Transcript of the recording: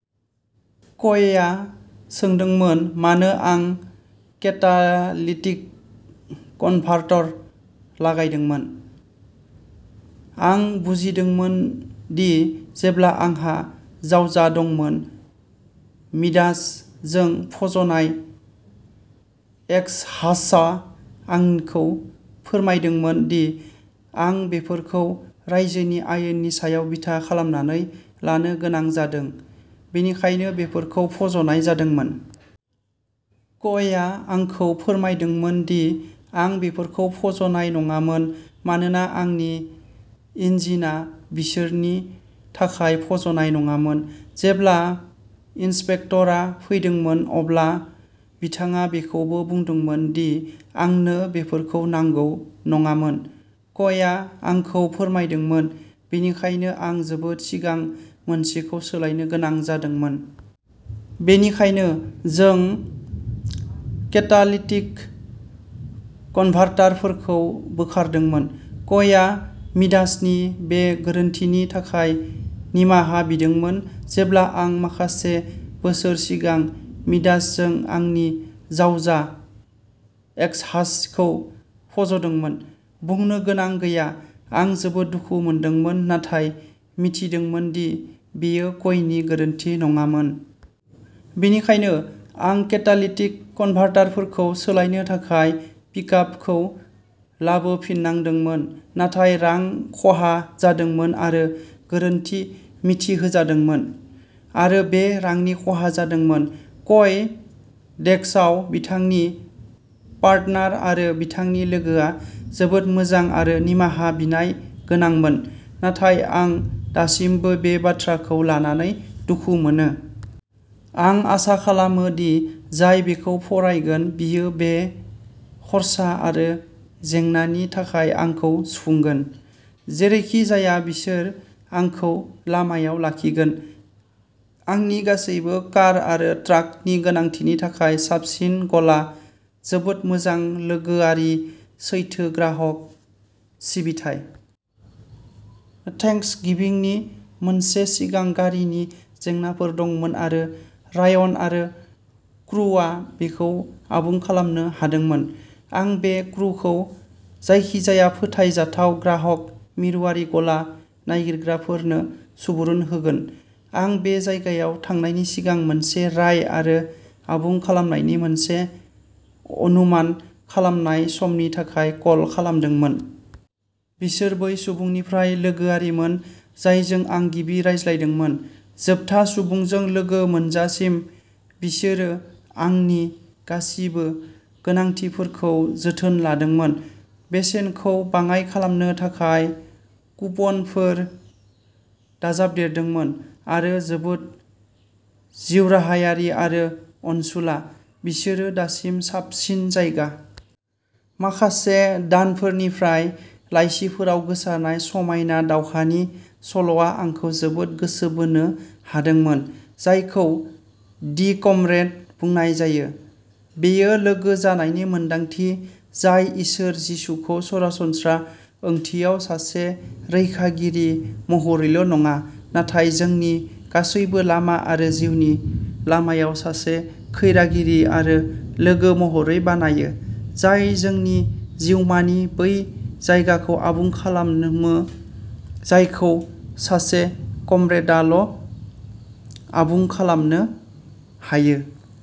कयआ सोंदोंमोन मानो आं केटालिटिक कनभार्टर लागायदोंमोन? आं बुजिमोदोंमोन दि जेब्ला आंहा जावजा दंमोन। मिडास जों फज'नाय एक्सहास्टआ आंखौ फोरमायदोंमोन दि आं बेफोरखौ रायजोनि आयेननि सायाव बिथा खालामनानै लानो गोनां जादों, बेनिखायनो बेफोरखौ फज'नाय जादोंमोन। कयआ आंखौ फोरमायदोंमोन दि आं बेफोरखौ फज'नाय नाङामोन मानोना आंनि इन्जिनआ बिसोरनि थाखाय फज'नाय नङामोन। जेब्ला इन्सपेक्टरआ फैदोंमोन, अब्ला बिथाङा बेखौबो बुंदोंमोन दि आंनो बेफोरखौ नांगौ नङामोन। कयआ आंखौ फोरमायदोंमोन, बेनिखायनो आं जोबोद सिगां मोनसेखौ सोलायनो गोनां जादोंमोन। बेनिखायनो, जों केटालिटिक कनभार्टरफोरखौ बोखारदोंमोन। कयआ मिडासनि बे गोरोन्थिनि थाखाय निमाहा बिदोंमोन जेब्ला आं माखासे बोसोर सिगां मिडासजों आंनि जावजा एक्सहास्टखौ फज'दोंमोन। बुंनो गोनां गैया, आं जोबोद दुखु मोनदोंमोन नाथाय मिथिदोंमोन दि बेयो कयनि गोरोन्थि नङामोन। बेनिखायनो, आं केटालिटिक कनभार्टरफोरखौ सोलायनो थाखाय पिकआपखौ लाबोफिननांदोंमोन, नाथाय रां खहा जादोंमोन आरो गोरोन्थि मिथिहोजादोंमोन आरो बे रांनि खहा जादोंमोन। कय डेस्कआव बिथांनि पार्टनार आरो बिथांनि लोगोआ जोबोद मोजां आरो निमाहा बिनाय गोनांमोन, नाथाय आं दासिमबो बे बाथ्राखौ लानानै दुखु मोनो। आं आसा खालामो दि जाय बेखौ फरायगोन बियो बे खर्सा आरो जेंनानि थाखाय आंखौ सुफुंगोन। जेरैखि जाया बिसोर आंखौ लामायाव लाखिगोन। आंनि गासैबो कार आरो ट्राकनि गोनांथिनि थाखाय साबसिन गला। जोबोद मोजां, लोगोआरि, सैथो ग्राहक सिबिथाइ! थेंक्सगिविंनि सानसे सिगां गारिनि जेंनाफोर दंमोन आरो रायन आरो क्रुआ बेखौ आबुं खालामनो हादोंमोन। आं बे क्रुखौ जायखिजाया फोथायजाथाव ग्राहक मिरुआरि गला नागिरग्राफोरनो सुबुरुन होगोन! आं बे जायगायाव थांनायनि सिगां मोनसे राय आरो आबुं खालामनायनि मोनसे अनुमान खालामनाय समनि थाखाय कल खालामदोंमोन। बिसोर बै सुबुंनिफ्राय लोगोआरिमोन जायजों आं गिबि रायज्लायदोंमोन, जोबथा सुबुंजों लोगो मोनजासिम। बिसोरो आंनि गासिबो गोनांथिफोरखौ जोथोन लादोंमोन, बेसेनखौ बाङाइ खालामनो थाखाय कुपनफोर दाजाबदेरदोंमोन, आरो जोबोद जिउराहायारि आरो अनसुला। बिसोरो दासिम साबसिन जायगा। माखासे दानफोरनिफ्राय लाइसिफोराव गोसारनाय समायना दावहानि सल'आ आंखौ जोबोद गोसो बोनो हादोंमोन, जायखौ "दि कमरेड" बुंनाय जायो। बेयो लोगो जानायनि मोन्दांथि जाय इसोर जिसुखौ सरासनस्रा ओंथियाव सासे रैखागिरि महरैल'नङा, नाथाय जोंनि गासैबो लामा आरो जिउनि लामायाव सासे रैखागिरि आरो लोगो महरै बानायो, जाय जोंनि जिउमानि बै जायगाखौ आबुं खालामो जायखौ सासे कमरेडआल'आबुं खालामनो हायो।